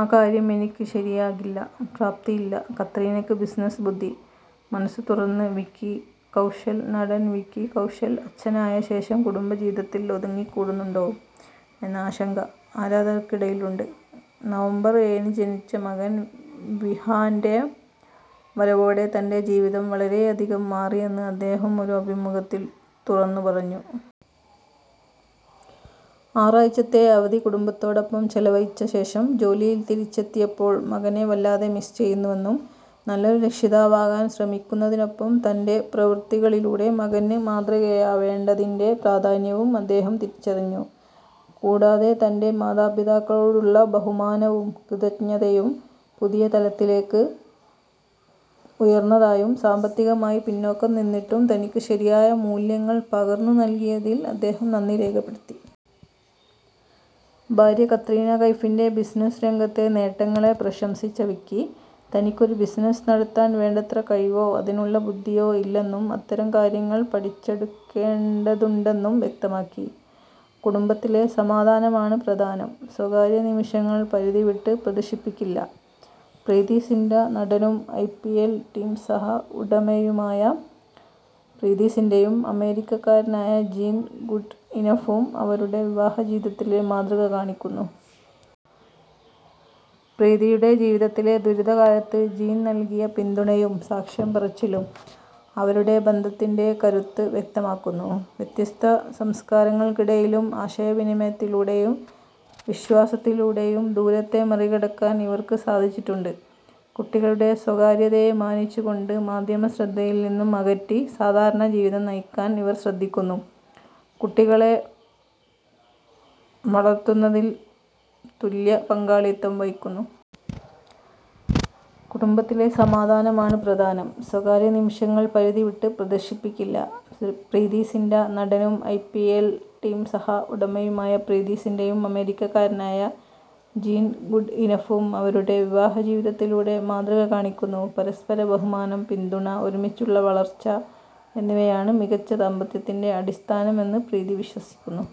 ആ കാര്യം എനിക്ക് ശരിയാകില്ല, പ്രാപ്തിയില്ല; കത്രീനയ്ക്ക് ബിസിനസ്സ് ബുദ്ധി: മനസ്സു തുറന്ന് വിക്കി കൗശൽ നടൻ വിക്കി കൗശൽ അച്ഛനായ ശേഷം കുടുംബ ജീവിതത്തിൽ ഒതുങ്ങിക്കൂടുന്നുണ്ടോ എന്ന ആശങ്ക ആരാധകർക്കിടയിലുണ്ട്, നവംബർ ഏഴിന് ജനിച്ച മകൻ വിഹാൻ്റെ വരവോടെ തൻ്റെ ജീവിതം വളരെയധികം മാറിയെന്ന് അദ്ദേഹം ഒരു അഭിമുഖത്തിൽ തുറന്നുപറഞ്ഞു. ആറാഴ്ചത്തെ അവധി കുടുംബത്തോടൊപ്പം ചെലവഴിച്ച ശേഷം ജോലിയിൽ തിരിച്ചെത്തിയപ്പോൾ മകനെ വല്ലാതെ മിസ്സ് ചെയ്യുന്നുവെന്നും, നല്ലൊരു രക്ഷിതാവാകാൻ ശ്രമിക്കുന്നതിനൊപ്പം തൻ്റെ പ്രവൃത്തികളിലൂടെ മകന് മാതൃകയാവേണ്ടതിൻ്റെ പ്രാധാന്യവും അദ്ദേഹം തിരിച്ചറിഞ്ഞു. കൂടാതെ, തൻ്റെ മാതാപിതാക്കളോടുള്ള ബഹുമാനവും കൃതജ്ഞതയും പുതിയ തലത്തിലേക്ക് ഉയർന്നതായും, സാമ്പത്തികമായി പിന്നോക്കം നിന്നിട്ടും തനിക്ക് ശരിയായ മൂല്യങ്ങൾ പകർന്നുനൽകിയതിൽ അദ്ദേഹം നന്ദി രേഖപ്പെടുത്തി. ഭാര്യ കത്രീന കൈഫിൻ്റെ ബിസിനസ്സ് രംഗത്തെ നേട്ടങ്ങളെ പ്രശംസിച്ച വിക്കി, തനിക്കൊരു ബിസിനസ്സ് നടത്താൻ വേണ്ടത്ര കഴിവോ അതിനുള്ള ബുദ്ധിയോ ഇല്ലെന്നും, അത്തരം കാര്യങ്ങൾ പഠിച്ചെടുക്കേണ്ടതുണ്ടെന്നും വ്യക്തമാക്കി. കുടുംബത്തിലെ സമാധാനമാണ് പ്രധാനം; സ്വകാര്യനിമിഷങ്ങൾ പരിധിവിട്ട് പ്രദർശിപ്പിക്കില്ല: പ്രീതി സിന്റ നടനും ഐപിഎൽ ടീം സഹ ഉടമയുമായ പ്രീതി സിന്റയും അമേരിക്കക്കാരനായ ജീൻ ഗുഡ്ഇനഫും അവരുടെ വിവാഹ ജീവിതത്തിലൂടെ മാതൃക കാണിക്കുന്നു. പ്രീതിയുടെ ജീവിതത്തിലെ ദുരിതകാലത്ത് ജീൻ നൽകിയ പിന്തുണയും സാക്ഷിപറച്ചിലും അവരുടെ ബന്ധത്തിന്റെ കരുത്ത് വ്യക്തമാക്കുന്നു. വ്യത്യസ്ത സംസ്കാരങ്ങൾക്കിടയിലും ആശയവിനിമയത്തിലൂടെയും വിശ്വാസത്തിലൂടെയും ദൂരത്തെ മറികടക്കാൻ ഇവർക്ക് സാധിച്ചിട്ടുണ്ട്. കുട്ടികളുടെ സ്വകാര്യതയെ മാനിച്ചുകൊണ്ട്, മാധ്യമ ശ്രദ്ധയിൽ നിന്ന് അകറ്റി സാധാരണ ജീവിതം നയിക്കാൻ ഇവർ ശ്രദ്ധിക്കുന്നു, കുട്ടികളെ വളർത്തുന്നതിൽ തുല്യ പങ്കാളിത്തം വഹിക്കുന്നു. കുടുംബത്തിലെ സമാധാനമാണ് പ്രധാനം; സ്വകാര്യനിമിഷങ്ങൾ പരിധിവിട്ട് പ്രദർശിപ്പിക്കില്ല: പ്രീതി സിന്റ നടനും ഐപിഎൽ ടീം സഹ ഉടമയുമായ പ്രീതി സിന്റയും അമേരിക്കക്കാരനായ ജീൻ ഗുഡ്ഇനഫും അവരുടെ വിവാഹ ജീവിതത്തിലൂടെ മാതൃക കാണിക്കുന്നു. പരസ്പര ബഹുമാനം, പിന്തുണ, ഒരുമിച്ചുള്ള വളർച്ച എന്നിവയാണ് മികച്ച ദാമ്പത്യത്തിന്റെ അടിസ്ഥാനമെന്ന് പ്രീതി വിശ്വസിക്കുന്നു.